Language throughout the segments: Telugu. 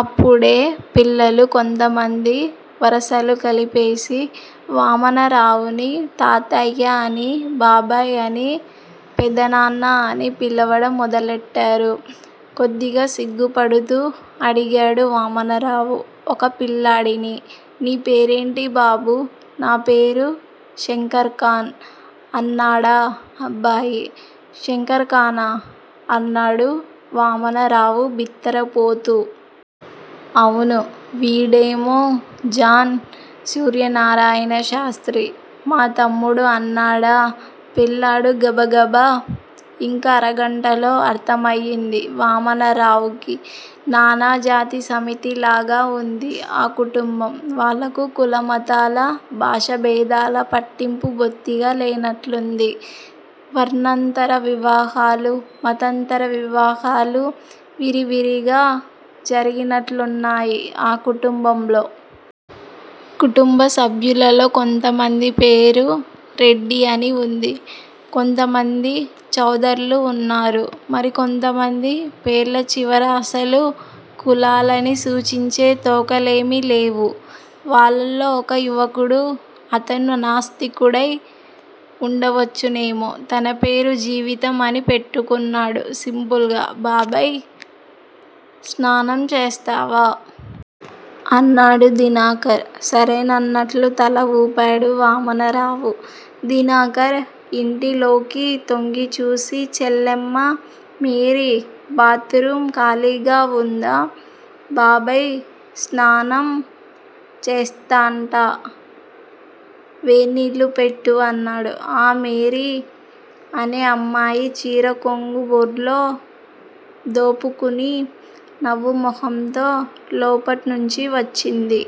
అప్పుడే పిల్లలు కొంతమంది వరసలు కలిపేసి వామనరావుని తాతయ్యాఅనీ, బాబాయ్ అని, పెదనాన్న అనీ పిలవడం మొదలెట్టారు. కొద్దిగా సిగ్గుపడుతూ అడిగాడు వామనరావు ఒక పిల్లాడిని. నీ పేరేంటి బాబూ? నా పేరు శంకర్ ఖాన్! అన్నాడా అబ్బాయి. శంకర్ ఖానా? అన్నాడు వామనరావు బిత్తరపోతూ. అవును! వీడేమో జాన్ సూర్యనారాయణ శాస్త్రి! మా తమ్ముడు అన్నాడా పిల్లాడు గబగబ. ఇంక అరగంటలో అర్ధమయింది వామనరావుకి నానాజాతి సమితిలాగా వుంది ఆ కుటుంబం! వాళ్ళకు కుల మతాల, భాషా భేదాల పట్టింపు బొత్తిగా లేనట్లుంది. వర్ణాంతర వివాహాలు, మతాంతర వివాహాలు విరివిగా జరిగినట్లున్నాయి ఆ కుటుంబంలో! కుటుంబ సభ్యులలో కొంతమంది పేరు రెడ్డి అని వుంది. కొంతమంది చౌదర్లు వున్నారు. మరికొంతమంది పేర్ల చివర అసలు కులాలని సూచించే తోకలేమీ లేవు. వాళ్ళలో ఒక యువకుడు, అతను నాస్తికుడై ఉండవచ్చునేమో, తన పేరు 'జీవితం' అని పెట్టుకున్నాడు సింపుల్ గా! బాబాయ్ స్నానం చేస్తావా? అన్నాడు దినకర్. సరేనన్నట్లు తల వూపాడు వామనరావు. దినకర్ ఇంటిలోకి తొంగిచూసి చెల్లెమ్మా! మేరీ! బాత్ రూం ఖాళీగా వుందా? బాబాయ్ స్నానం చేస్తాట్ట! వేన్నీళ్ళు పెట్టు? అన్నాడు. ఆ మేరీ అనే అమ్మాయి చీర కొంగు బొడ్లో దోపుకుని నవ్వు మొహంతో లోపల్నుంచి వచ్చింది.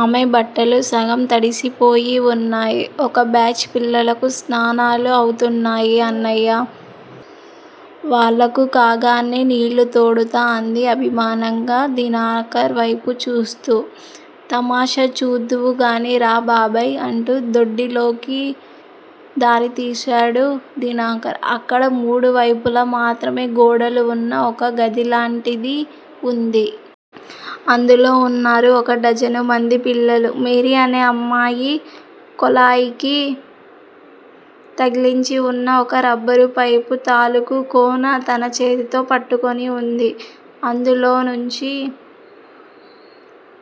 ఆమె బట్టలు సగం తడిసిపోయి వున్నాయి. ఒక బ్యాచ్ పిల్లలకు స్నానాలు అవుతున్నాయి అన్నయ్యా? వాళ్ళకు కాగానే నీళ్ళు తోడుతా! అంది అభిమానంగా దినకర్ వైపు చూస్తూ. తమాషా చూద్దువుగాని రా బాబాయ్! అంటూ దొడ్డిలోకి దారి తీశాడు దినకర్. అక్కడ మూడు వైపుల మాత్రమే గోడలు వున్న ఒక గదిలాంటిది వుంది. అందులో ఉన్నారు ఒక డజనుమంది పిల్లలు. మేరీ అనే అమ్మాయి కొళాయికి తగిలించివున్న ఒక రబ్బరు పైపు తాలూకు కొన తన చేతితో పట్టుకొని వుంది. అందులోనుంచి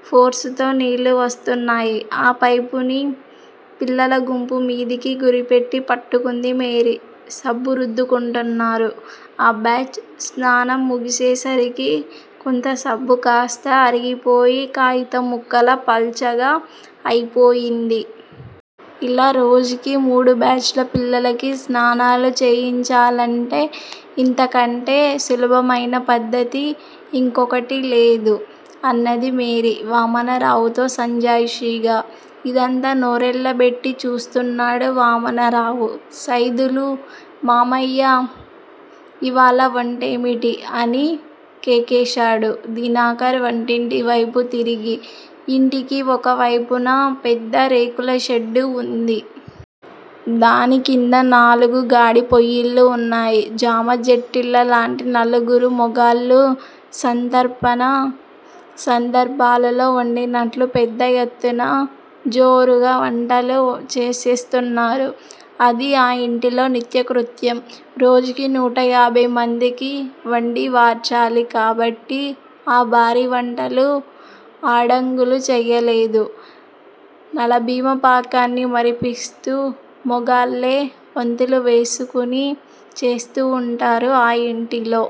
ఫోర్సుతో నీళ్ళు వస్తున్నాయి. ఆ పైపుని పిల్లల గుంపు మీదికి గురిపెట్టి పట్టుకుంది మేరీ. సబ్బు రుద్దుకుంటున్నారు ఆ బ్యాచ్ స్నానం ముగిసేసరికి కొత్త సబ్బు కాస్తా అరిగిపోయి కాయితం ముక్కలా పల్చగా అయిపోయింది. ఇలా రోజుకి మూడు బ్యాచ్ ల పిల్లలకి స్నానాలు చేయించాలంటే ఇంతకంటే సులభమయిన పద్దతి ఇంకోటి లేదు! అన్నది మేరీ వామనరావు తో సంజాయిషీగా. ఇదంతా నోరెళ్ళబెట్టి చూస్తున్నాడు వామనరావు. సైదులు మామయ్యా! ఇవాళ వంటేమిటి? అని కేకేశాడు దినకర్ వంటింటివైపు తిరిగి. ఇంటికి ఒక వైపున పెద్ద రేకుల షెడ్డు ఉంది. దానికింద నాలుగు గాడిపొయ్యిలు వున్నాయి. జమాజట్టీల లాంటి నలుగురు మొగాళ్ళు సంతర్పణ సందర్భాలలో వండినట్లు పెద్ద ఎత్తున జోరుగా వంటలు చేసేస్తున్నారు. అది ఆ ఇంటిలో నిత్యకృత్యం. రోజుకి నూటయాభైమందికి వండి వార్చాలి కాబట్టి ఆ భారీ వంటలు ఆడంగులు చెయ్యలేదు. నలభీమపాకాన్ని మరిపిస్తూ, మొగాళ్ళే వంతులు వేసుకుని చేస్తూ వుంటారు ఆ ఇంటిలో.